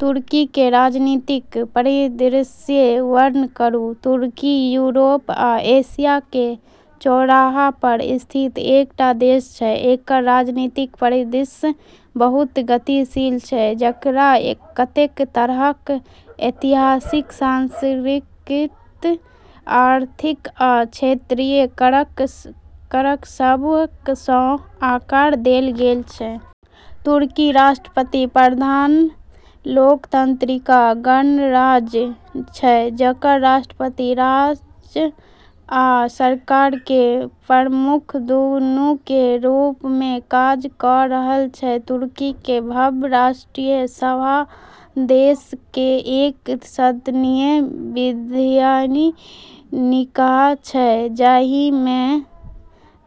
तुर्की के राजनीतिक परिदृश्यक वर्णन करू:- तुर्की यूरोप आ एशिया के चौराहा पर स्थित एकटा देश छै, एकर राजनीतिक परिदृश्य बहुत गतिशील छै, जकरा कतेक तरहक ऐतिहासिक, सांस्कृतिक, आर्थिक आ क्षेत्रीय कारक सभसँ आकार देल गेल छै। तुर्की राष्ट्रपति-प्रधान लोकतांत्रिक गणराज्य छै, जकर राष्ट्रपति राज्य आ सरकार के प्रमुख दुनूके रूप मे काज क' रहल छै। तुर्की के भव्य राष्ट्रीय सभा देश के एक सदनीय विधायी निकाय छै, जाहिमे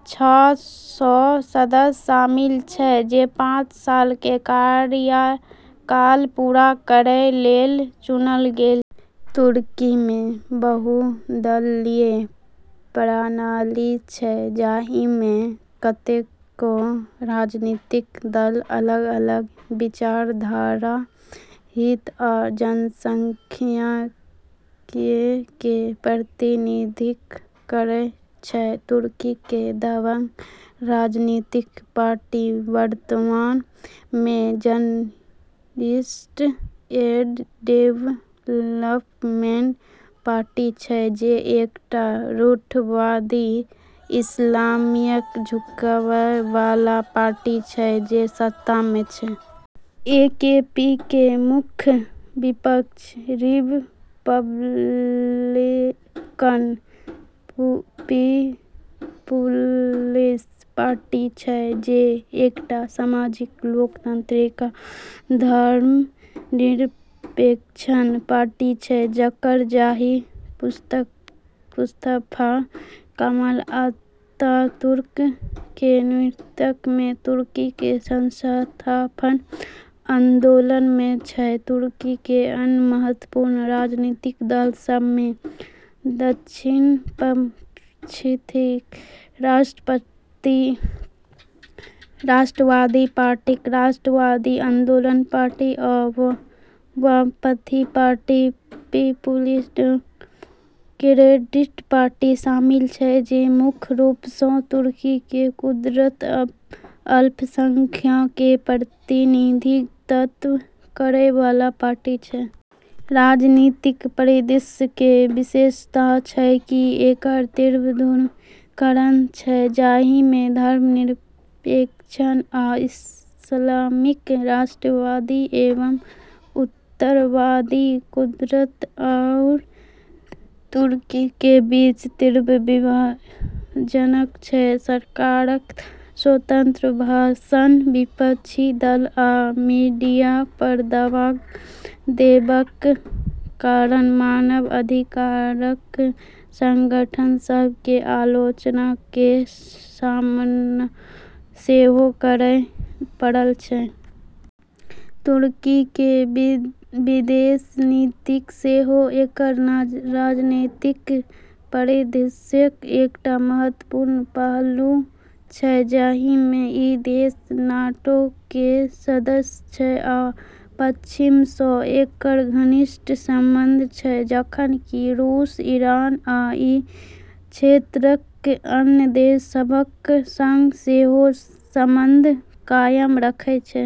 छह सौ सदस्य शामिल छै जे पाँच साल के कार्यकाल पूरा करै लेल चुनल गेल छै। तुर्की मे बहुदलीय प्रणाली छै, जाहिमे कतेको राजनीतिक दल अलग-अलग विचारधारा, हित आ जनसांख्यिकीय के प्रतिनिधित्व करै छै। तुर्की के दबंग राजनीतिक पार्टी वर्तमान मे जस्टिस एंड डेवलपमेंट पार्टी छै, जे एकटा रूढ़िवादी, इस्लामिक झुकाववला पार्टी छै जे सत्ता मे छै। ए के पी के मुख्य विपक्ष रिपब्लिकन पीपुल्स पार्टी छै, जे एकटा सामाजिक लोकतांत्रिक, धर्मनिरपेक्ष पार्टी छै जकर जड़ि मुस्तफा कमल अतातुर्क के नेतृत्व मे तुर्की के संस्थापक आंदोलन मे छै। तुर्की के अन्य महत्वपूर्ण राजनीतिक दल सभ में दक्षिणपंथी राष्ट्रवादी पार्टी राष्ट्रवादी आंदोलन पार्टी आ वामपंथी पार्टी पीपुल्स डेमोक्रेटिक पार्टी शामिल छै, जे मुख्य रूपसँ तुर्की के कुर्द अल्पसंख्यक के प्रतिनिधित्व करै वाला पार्टी छै। राजनीतिक परिदृश्य के विशेषता छै कि एकर तीव्र ध्रुवीकरण छै, जाहिमे धर्मनिरपेक्ष आ इस्लामिक, राष्ट्रवादी एवं उदारवादी, कुर्द आरू तुर्क के बीच तीव्र विभाजन छै। सरकारक स्वतंत्र भाषण, विपक्षी दल, आ मीडिया पर दबाव देबाक कारण मानव अधिकार संगठन सभ के आलोचना के सामना सेहो करय पड़ल छै। तुर्की के विदेश नीति सेहो एकर राजनीतिक परिदृश्यक एकटा महत्वपूर्ण पहलू छै, जाहिमे ई देश नाटो के सदस्य छै आ पश्चिमसँ एकर घनिष्ठ संबंध छै, जखन कि रूस, ईरान आ ई क्षेत्रके अन्य देश सभक संग सेहो संबंध कायम रखै छै।